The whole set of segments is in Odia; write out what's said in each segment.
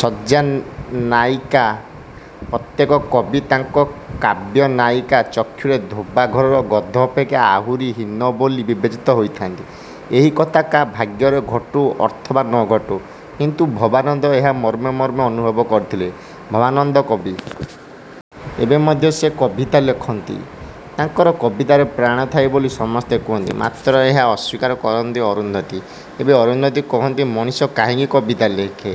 ଶଯ୍ୟା ନାୟିକା ପ୍ରତ୍ୟେକ କବି ତାଙ୍କ କାବ୍ୟନାୟିକା ଚକ୍ଷୁରେ ଧୋବା ଘରର ଗଧ ଅପେକ୍ଷା ଆହୁରି ହୀନ ବୋଲି ବିବେଚିତ ହୋଇଥାନ୍ତି। ଏହି କଥା କାହା ଭାଗ୍ୟରେ ଘଟୁ ଅଥବା ନ ଘଟୁ, କିନ୍ତୁ ଭବାନନ୍ଦ ଏହା ମର୍ମେ ମର୍ମେ ଅନୁଭବ କରିଥିଲେ। ଭବାନନ୍ଦ କବି। ଏବେ ମଧ୍ୟ ସେ କବିତା ଲେଖନ୍ତି। ତାଙ୍କର କବିତାରେ ପ୍ରାଣଥାଏ ବୋଲି ସମସ୍ତେ କହନ୍ତି, ମାତ୍ର ଏହା ଅସ୍ୱୀକାର କରନ୍ତି ଅରୁନ୍ଧୁତୀ। ଏବେ ଅରୁନ୍ଧୁତୀ କହନ୍ତି ମଣିଷ କାହିଁକି କବିତା ଲେଖେ?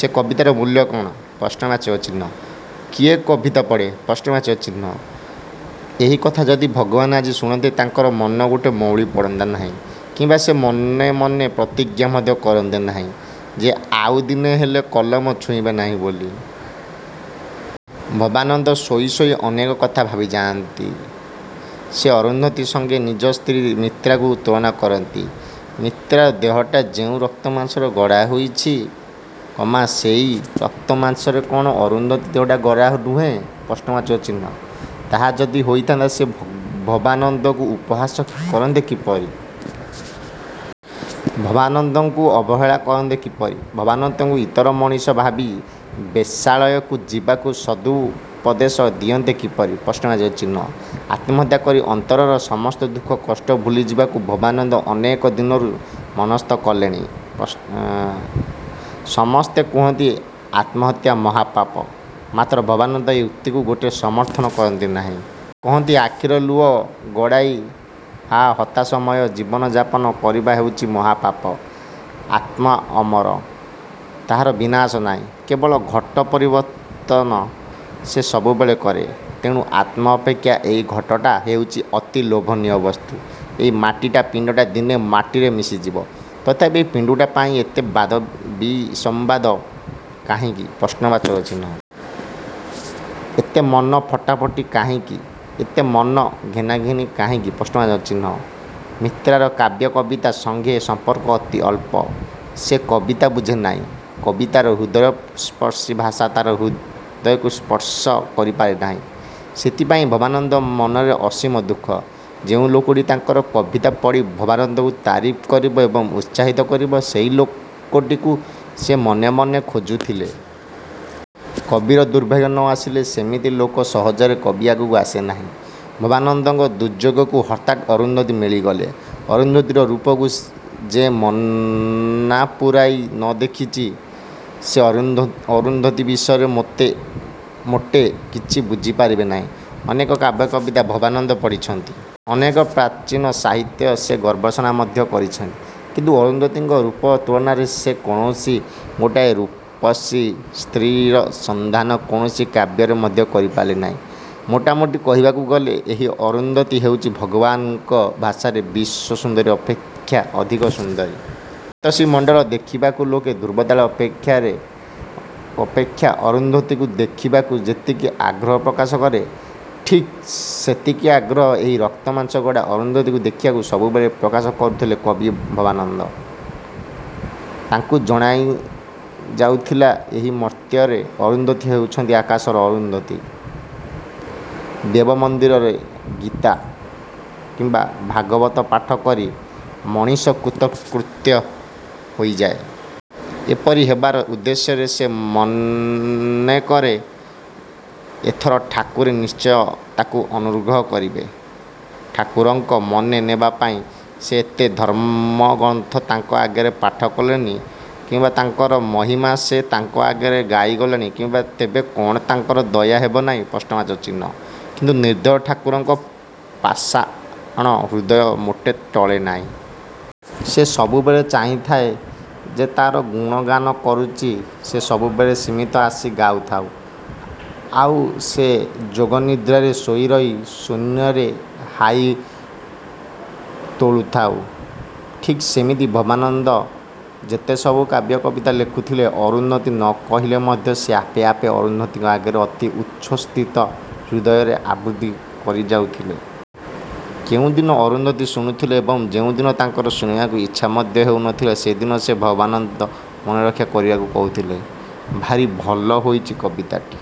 ସେ କବିତାର ମୂଲ୍ୟ କ'ଣ? କିଏ କବିତା ପଢ଼େ? ଏହି କଥା ଯଦି ଭଗବାନ ଆଜି ଶୁଣନ୍ତେ, ତାଙ୍କର ମନ ମୋଟେ ମଉଳି ପଡ଼ନ୍ତା ନାହିଁ କିମ୍ବା ସେ ମନେମନେ ପ୍ରତିଜ୍ଞା ମଧ୍ୟ କରନ୍ତେ ନାହିଁ ଯେ ଆଉ ଦିନେହେଲେ କଲମ ଛୁଇଁବେ ନାହିଁ ବୋଲି। ଭବାନନ୍ଦ ଶୋଇ ଶୋଇ ଅନେକ କଥା ଭାବିଯାଆନ୍ତି। ସେ ଅରୁନ୍ଧୁତୀ ସଙ୍ଗେ ନିଜ ସ୍ତ୍ରୀ ମିତ୍ରାକୁ ତୁଳନା କରନ୍ତି। ମିତ୍ରାର ଦେହଟା ଯେଉଁ ରକ୍ତମାଂସରେ ଗଢ଼ାହୋଇଛି, ସେହି ରକ୍ତମାଂସରେ କ'ଣ ଅରୁନ୍ଧୁତୀର ଦେହଟା ଗଢ଼ା ନୁହେଁ? ତାହା ଯଦି ହୋଇଥାନ୍ତା ସେ ଭବାନନ୍ଦଙ୍କୁ ଉପହାସ କରନ୍ତେ କିପରି? ଭବାନନ୍ଦଙ୍କୁ ଅବହେଳା କରନ୍ତେ କିପରି? ଭବାନନ୍ଦଙ୍କୁ ଇତର ମଣିଷ ଭାବି ବେଶ୍ୟାଳୟକୁ ଯିବାକୁ ସଦୁପଦେଶ ଦିଅନ୍ତେ କିପରି? ଆତ୍ମହତ୍ୟା କରି ଅନ୍ତରର ସମସ୍ତ ଦୁଃଖ କଷ୍ଟ ଭୁଲିଯିବାକୁ ଭବାନନ୍ଦ ଅନେକଦିନରୁ ମନସ୍ଥ କଲେଣି। ସମସ୍ତେ କହନ୍ତି ଆତ୍ମହତ୍ୟା ମହାପାପ। ମାତ୍ର ଭବାନନ୍ଦ ଏହି ଉକ୍ତିକୁ ମୋଟେ ସମର୍ଥନ କରନ୍ତି ନାହିଁ। ସେ କହନ୍ତି, ଆଖିରୁ ଲୁହ ଗଡ଼ାଇ ହା ହତାଶମୟ ଜୀବନଯାପନ କରିବା ହେଉଛି ମହାପାପ। ଆତ୍ମା ଅମର। ତାହାର ବିନାଶ ନାହିଁ। କେବଳ ଘଟ ପରିବର୍ତ୍ତନ ସେ ସବୁବେଳେ କରେ। ତେଣୁ ଆତ୍ମା ଅପେକ୍ଷା ଏହି ଘଟଟା ହେଉଛି ଅତି ଲୋଭନୀୟ ବସ୍ତୁ। ଏହି ମାଟି ପିଣ୍ଡଟା ଦିନେ ମାଟିରେ ମିଶିଯିବ, ତଥାପି ଏହି ପିଣ୍ଡଟା ପାଇଁ ଏତେ ବାଦ ବିସମ୍ବାଦ କାହିଁକି? ଏତେ ମନ ଫଟାଫଟି କାହିଁକି? ଏତେ ମନ ଘେନାଘେନି କାହିଁକି? ମିତ୍ରାର କାବ୍ୟ କବିତା ସଙ୍ଗେ ସମ୍ପର୍କ ଅତି ଅଳ୍ପ। ସେ କବିତା ବୁଝେ ନାହିଁ। କବିତାର ହୃଦୟସ୍ପର୍ଶୀ ଭାଷା ତା'ର ହୃଦୟକୁ ସ୍ପର୍ଶ କରିପାରେ ନାହିଁ। ସେଥିପାଇଁ ଭବାନନ୍ଦଙ୍କ ମନରେ ଅସୀମ ଦୁଃଖ। ଯେଉଁ ଲୋକଟି ତାଙ୍କର କବିତା ପଢ଼ି ଭବାନନ୍ଦଙ୍କୁ ତାରିଫ୍ କରିବ ଏବଂ ଉତ୍ସାହିତ କରିବ, ସେହି ଲୋକଟିକୁ ସେ ମନେମନେ ଖୋଜୁଥିଲେ। କବିର ଦୁର୍ଭାଗ୍ୟ ନ ଆସିଲେ ସେମିତି ଲୋକ ସହଜରେ କବି ଆଗକୁ ଆସେ ନାହିଁ। ଭବାନନ୍ଦଙ୍କ ଦୁର୍ଯ୍ୟୋଗକୁ ହଠାତ୍ ଅରୁନ୍ଧୁତୀ ମିଳିଗଲେ। ଅରୁନ୍ଧୁତୀର ରୂପକୁ ଯେ ମନପୂରାଇ ନ ଦେଖିଛି ସେ ଅରୁନ୍ଧୁତୀ ବିଷୟରେ ମୋଟେ କିଛି ବୁଝିପାରିବ ନାହିଁ। ଅନେକ କାବ୍ୟ କବିତା ଭବାନନ୍ଦ ପଢ଼ିଛନ୍ତି। ଅନେକ ପ୍ରାଚୀନ ସାହିତ୍ୟ ସେ ଗବେଷଣା ମଧ୍ୟ କରିଛନ୍ତି; କିନ୍ତୁ ଅରୁନ୍ଧୁତୀଙ୍କ ରୂପ ତୁଳନାରେ ସେ କୌଣସି ଗୋଟାଏ ରୂପସୀ ସ୍ତ୍ରୀର ସନ୍ଧାନ କୌଣସି କାବ୍ୟରେ ମଧ୍ୟ କରିପାରିଲେ ନାହିଁ। ମୋଟାମୋଟି କହିବାକୁ ଗଲେ ଏହି ଅରୁନ୍ଧୁତୀ ହେଉଛନ୍ତି ଭବାନନ୍ଦଙ୍କ ଭାଷାରେ ବିଶ୍ୱସୁନ୍ଦରୀ ଅପେକ୍ଷା ଅଧିକ ସୁନ୍ଦରୀ। ସପ୍ତର୍ଷିମଣ୍ଡଳ ଦେଖିବା ଲୋକ ଧ୍ରୁବତାରା ଅପେକ୍ଷା ଅରୁନ୍ଧୁତୀକୁ ଦେଖିବାକୁ ଯେତିକି ଆଗ୍ରହ ପ୍ରକାଶ କରେ, ଠିକ୍ ସେତିକି ଆଗ୍ରହ ଏହି ରକ୍ତମାଂସରେ ଗଢ଼ା ଅରୁନ୍ଧୁତୀକୁ ଦେଖିବାକୁ ସବୁବେଳେ ପ୍ରକାଶ କରୁଥିଲେ କବି ଭବାନନ୍ଦ। ତାଙ୍କୁ ଜଣାଯାଉଥିଲା ଏହି ମର୍ତ୍ତ୍ୟର ଅରୁନ୍ଧୁତୀ ହେଉଛନ୍ତି ଆକାଶର ଅରୁନ୍ଧୁତୀ। ଦେବ ମନ୍ଦିରରେ ଗୀତା, ଭାଗବତ ପାଠକରି ମଣିଷ କୃତ୍ୟକୃତ୍ୟ ହୋଇଯାଏ। ଏପରି ହେବାର ଉଦ୍ଦେଶ୍ୟ ସେ ମନେକରେ ଏଥର ଠାକୁରେ ନିଶ୍ଚୟ ତାକୁ ଅନୁଗ୍ରହ କରିବେ। ଠାକୁରଙ୍କ ମନ ନେବାପାଇଁ ସେ ଏତେ ଧର୍ମଗ୍ରନ୍ଥ ତାଙ୍କ ଆଗରେ ପାଠକଲାଣି, ତାଙ୍କର ମହିମା ସେ ତାଙ୍କ ଆଗରେ ଗାଇଗଲାଣି, ତେବେ କ'ଣ ତାଙ୍କର ଦୟା ହେବନାହିଁ? କିନ୍ତୁ ନିର୍ଦ୍ଦୟ ଠାକୁରର ପାଷାଣ ହୃଦୟ ମୋଟେ ଟଳେ ନାହିଁ। ସେ ସବୁବେଳେ ଚାହିଁଥାଏ, ଯେ ତା'ର ଗୁଣଗାନ କରୁଛି ସେ ସବୁବେଳେ ସିମିତି ଆସି ଗାଉଥାଉ, ଆଉ ସେ ଯୋଗନିଦ୍ରାରେ ଶୋଇରହି ଶୂନ୍ୟରେ ହାଇ ତୋଳୁଥାଉ। ଠିକ୍ ସେମିତି ଭବାନନ୍ଦ ଯେତେସବୁ କାବ୍ୟ କବିତା ଲେଖୁଥିଲେ, ଅରୁନ୍ଧୁତୀ ନ କହିଲେ ମଧ୍ୟ ସେ ଆପେ ଆପେ ଅରୁନ୍ଧୁତୀ ଆଗରେ ଅତି ଉଚ୍ଛ୍ୱସିତ ହୃଦୟରେ ଆବୃତ୍ତି କରିଯାଉଥିଲେ। କେଉଁଦିନ ଅରୁନ୍ଧୁତୀ ଶୁଣୁଥିଲେ ଏବଂ ଯେଉଁଦିନ ତାଙ୍କର ଶୁଣିବାକୁ ଇଚ୍ଛା ମଧ୍ୟ ହେଉନଥିଲା ସେହିଦିନ ସେ ଭବାନନ୍ଦଙ୍କ ମନରକ୍ଷା କରିବାକୁ କହୁଥିଲେ, ''ଭାରି ଭଲ ହୋଇଛି କବିତାଟି।